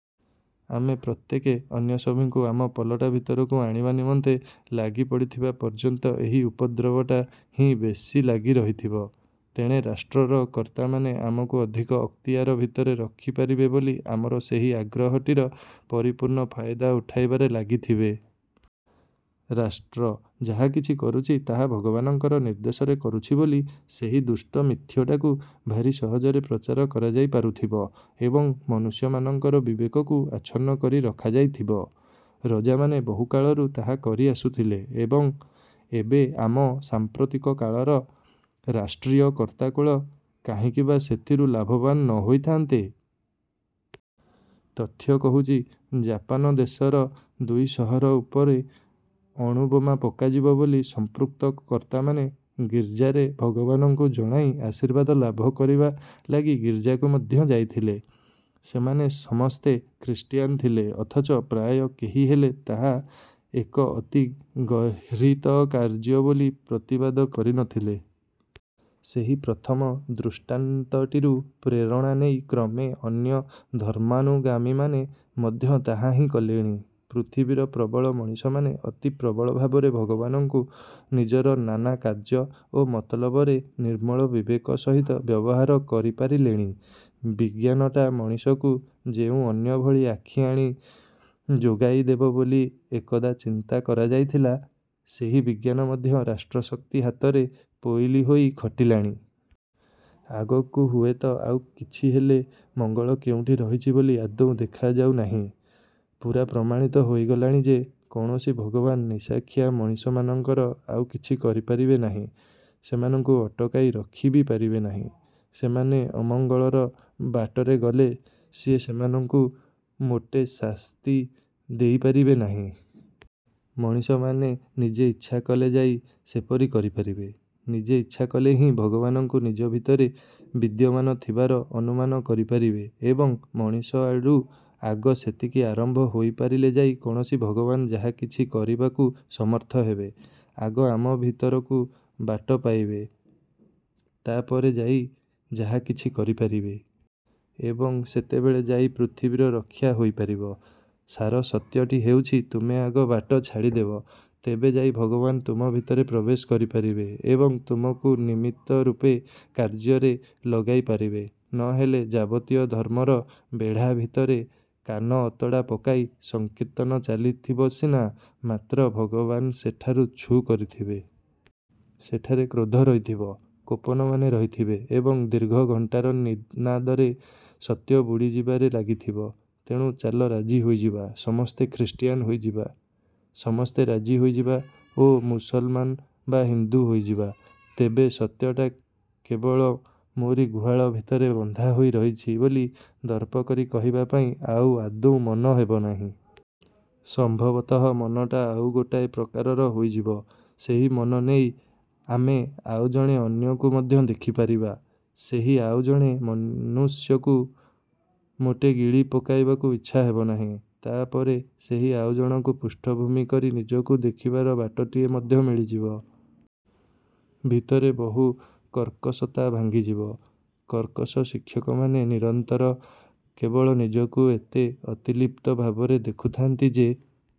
ଆମେ ପ୍ରତ୍ୟେକେ ଅନ୍ୟ ସଭିଙ୍କୁ ଆମ ପଲଟା ଭିତରକୁ ଆଣିବା ନିମନ୍ତେ ଲାଗି ପଡ଼ିଥିବା ପର୍ଯ୍ୟନ୍ତ ଏହି ଉପଦ୍ରବଟା ହିଁ ବେଶୀ ଲାଗି ରହିଥିବ। ତେଣେ ରାଷ୍ଟ୍ରର କର୍ତ୍ତାମାନେ ଆମକୁ ଅଧିକ ଅକ୍ତିଆର ଭିତରେ ରଖିପାରିବେ ବୋଲି ଆମର ସେହି ଆଗ୍ରହଟିର ପରିପୂର୍ଣ୍ଣ ଫାଇଦା ଉଠାଇବାରେ ଲାଗିଥିବେ। ରାଷ୍ଟ୍ର. ଯାହାକିଛି କରୁଛି ତାହା ଭଗବାନଙ୍କର ନିର୍ଦ୍ଦେଶରେ କରୁଛି ବୋଲି ସେହି ଦୁଷ୍ଟ ମିଥ୍ୟଟାକୁ ଭାରି ସହଜରେ ପ୍ରଚାର କରାଯାଇ ପାରୁଥିବ ଏବଂ ମନୁଷ୍ୟମାନଙ୍କର ବିବେକକୁ ଆଛନ୍ନ କରି ରଖାଯାଇଥିବ। ରଜାମାନେ ବହୁକାଳରୁ ତାହା କରି ଆସୁଥିଲେ ଏବଂ ଏବେ ଆମ ସାମ୍ପ୍ରତିକ କାଳର ରାଷ୍ଟ୍ରୀୟ କର୍ତ୍ତାକୁଳ କାହିଁକି ବା ସେଥିରୁ ଲାଭବାନ ନ ହୋଇଥାନ୍ତେ? ତଥ୍ୟ କହୁଛି ଜାପାନ ଦେଶର ଦୁଇ ସହର ଉପରେ ଅଣୁବୋମା ପକାଯିବ ବୋଲି ସମ୍ପୃକ୍ତ କର୍ତ୍ତାମାନେ ଗୀର୍ଜାରେ ଭଗବାନଙ୍କୁ ଜଣାଇ ଆଶୀର୍ବାଦ ଲାଭ କରିବା ଲାଗି ଗୀର୍ଜାକୁ ମଧ୍ୟ ଯାଇଥିଲେ। ସେମାନେ ସମସ୍ତେ ଖ୍ରୀଷ୍ଟିଆନ ଥିଲେ ଅଥଚ ପ୍ରାୟ କେହି ହେଲେ ତାହା ଏକ ଅତି ଗର୍ହିତ କାର୍ଯ୍ୟ ବୋଲି ପ୍ରତିବାଦ କରିନଥିଲେ। ସେହି ପ୍ରଥମ ଦୃଷ୍ଟାନ୍ତଟିରୁ ପ୍ରେରଣା ନେଇ କ୍ରମେ ଅନ୍ୟ ଧର୍ମାନୁଗାମୀମାନେ ମଧ୍ୟ ତାହା ହିଁ କଲେଣି। ପୃଥିବୀର ପ୍ରବଳ ମଣିଷମାନେ ଅତି ପ୍ରବଳ ଭାବରେ ଭଗବାନଙ୍କୁ ନିଜର ନାନା କାର୍ଯ୍ୟ ଓ ମତଲବରେ ନିର୍ମଳ ବିବେକ ସହିତ ବ୍ୟବହାର କରିପାରିଲେଣି। ବିଜ୍ଞାନଟା ମଣିଷକୁ ଯେଉଁ ଅନ୍ୟଭଳି ଆଖି ଆଣି ଯୋଗାଇଦେବ ବୋଲି ଏକଦା ଚିନ୍ତା କରାଯାଉଥିଲା, ସେହି ବିଜ୍ଞାନ ମଧ୍ୟ ରାଷ୍ଟ୍ରଶକ୍ତି ହାତରେ ପୋଇଲୀ ହୋଇ ଖଟିଲାଣି। ଆଗକୁ ହୁଏତ ଆଉ କିଛିହେଲେ ମଙ୍ଗଳ କେଉଁଠି ରହିଛି ବୋଲି ଆଦୌ ଦେଖାଯାଉ ନାହିଁ। ପୂରା ପ୍ରମାଣିତ ହୋଇଗଲାଣି ଯେ କୌଣସି ଭଗବାନ ନିଶାଖିଆ ମଣିଷମାନଙ୍କର ଆଉ କିଛି କରିପାରିବେ ନାହିଁ । ସେମାନଙ୍କୁ ଅଟକାଇ ରଖି ବି ପାରିବେ ନାହିଁ। ସେମାନେ ଅମଙ୍ଗଳର ବାଟରେ ଗଲେ ସିଏ ସେମାନଙ୍କୁ ମୋଟେ ଶାସ୍ତି ଦେଇପାରିବେ ନାହିଁ। ମଣିଷମାନେ ନିଜେ ଇଚ୍ଛା କଲେ ଯାଇ ସେପରି କରିପାରିବେ। ନିଜେ ଇଚ୍ଛା କଲେ ହିଁ ଭଗବାନଙ୍କୁ ନିଜ ଭିତରେ ବିଦ୍ୟମାନ ଥିବାର ଅନୁମାନ କରିପାରିବେ ଏବଂ ମଣିଷ ଆଡୁ ଆଗ ସେତିକି ଆରମ୍ଭ ହୋଇପାରିଲେ ଯାଇ କୌଣସି ଭଗବାନ ଯାହାକିଛି କରିବାକୁ ସମର୍ଥ ହେବେ। ଆଗ ଆମ ଭିତରକୁ ବାଟ ପାଇବେ, ତାପରେ ଯାଇ ଯାହାକିଛି କରିପାରିବେ। ଏବଂ ସେତେବେଳେ ଯାଇ ପୃଥିବୀର ରକ୍ଷା ହୋଇପାରିବ। ସାର ସତ୍ୟଟି ହେଉଛି ତୁମେ ଆଗ ବାଟ ଛାଡ଼ିଦେବ ତେବେ ଯାଇ ଭଗବାନ ତୁମ ଭିତରେ ପ୍ରବେଶ କରିପାରିବେ ଏବଂ ତୁମକୁ ନିମିତ୍ତ ରୂପେ କାର୍ଯ୍ୟରେ ଲଗାଇ ପାରିବେ। ନହେଲେ ଯାବତୀୟ ଧର୍ମର ବେଢ଼ା ଭିତରେ କାନ ଅତଡ଼ା ପକାଇ ସଂକୀର୍ତ୍ତନ ଚାଲିଥିବ ସିନା ମାତ୍ର ଭଗବାନ ସେଠାରୁ ଛୁ କରିଥିବେ। ସେଠାରେ କ୍ରୋଧ ରହିଥିବ, କୋପନମାନେ ରହିଥିବେ ଏବଂ ଦୀର୍ଘ ଘଣ୍ଟାର ନିନାଦରେ ସତ୍ୟ ବୁଡ଼ିଯିବାରେ ଲାଗିଥିବ। ତେଣୁ ଚାଲ ରାଜି ହୋଇଯିବା, ସମସ୍ତେ ଖ୍ରୀଷ୍ଟିଆନ ହୋଇଯିବା। ସମସ୍ତେ ରାଜି ହୋଇଯିବା ଓ ମୁସଲମାନ ବା ହିନ୍ଦୁ ହୋଇଯିବା। ତେବେ ସତ୍ୟଟା କେବଳ ମୋରି ଗୁହାଳ ଭିତରେ ବନ୍ଧା ହୋଇ ରହିଛି ବୋଲି ଦର୍ପ କରି କହିବା ପାଇଁ ଆଉ ଆଦୌ ମନ ହେବନାହିଁ। ସମ୍ଭବତଃ ମନଟା ଆଉ ଗୋଟାଏ ପ୍ରକାରର ହୋଇଯିବ। ସେହି ମନ ନେଇ ଆମେ ଆଉ ଜଣେ ଅନ୍ୟକୁ ମଧ୍ୟ ଦେଖିପାରିବା। ସେହି ଆଉଜଣେ ମନୁଷ୍ୟକୁ ମୋଟେ ଗିଳି ପକାଇବାକୁ ଇଚ୍ଛା ହେବନାହିଁ। ତାପରେ ସେହି ଆଉଜଣକୁ ପୃଷ୍ଠଭୂମି କରି ନିଜକୁ ଦେଖିବାର ବାଟଟିଏ ମଧ୍ୟ ମିଳିଯିବ। ଭିତରେ ବହୁ କର୍କଶତା ଭାଙ୍ଗିଯିବ। କର୍କଶ ଶିକ୍ଷକମାନେ ନିରନ୍ତର କେବଳ ନିଜକୁ ଏତେ ଅତିଲିପ୍ତ ଭାବରେ ଦେଖୁଥାନ୍ତି ଯେ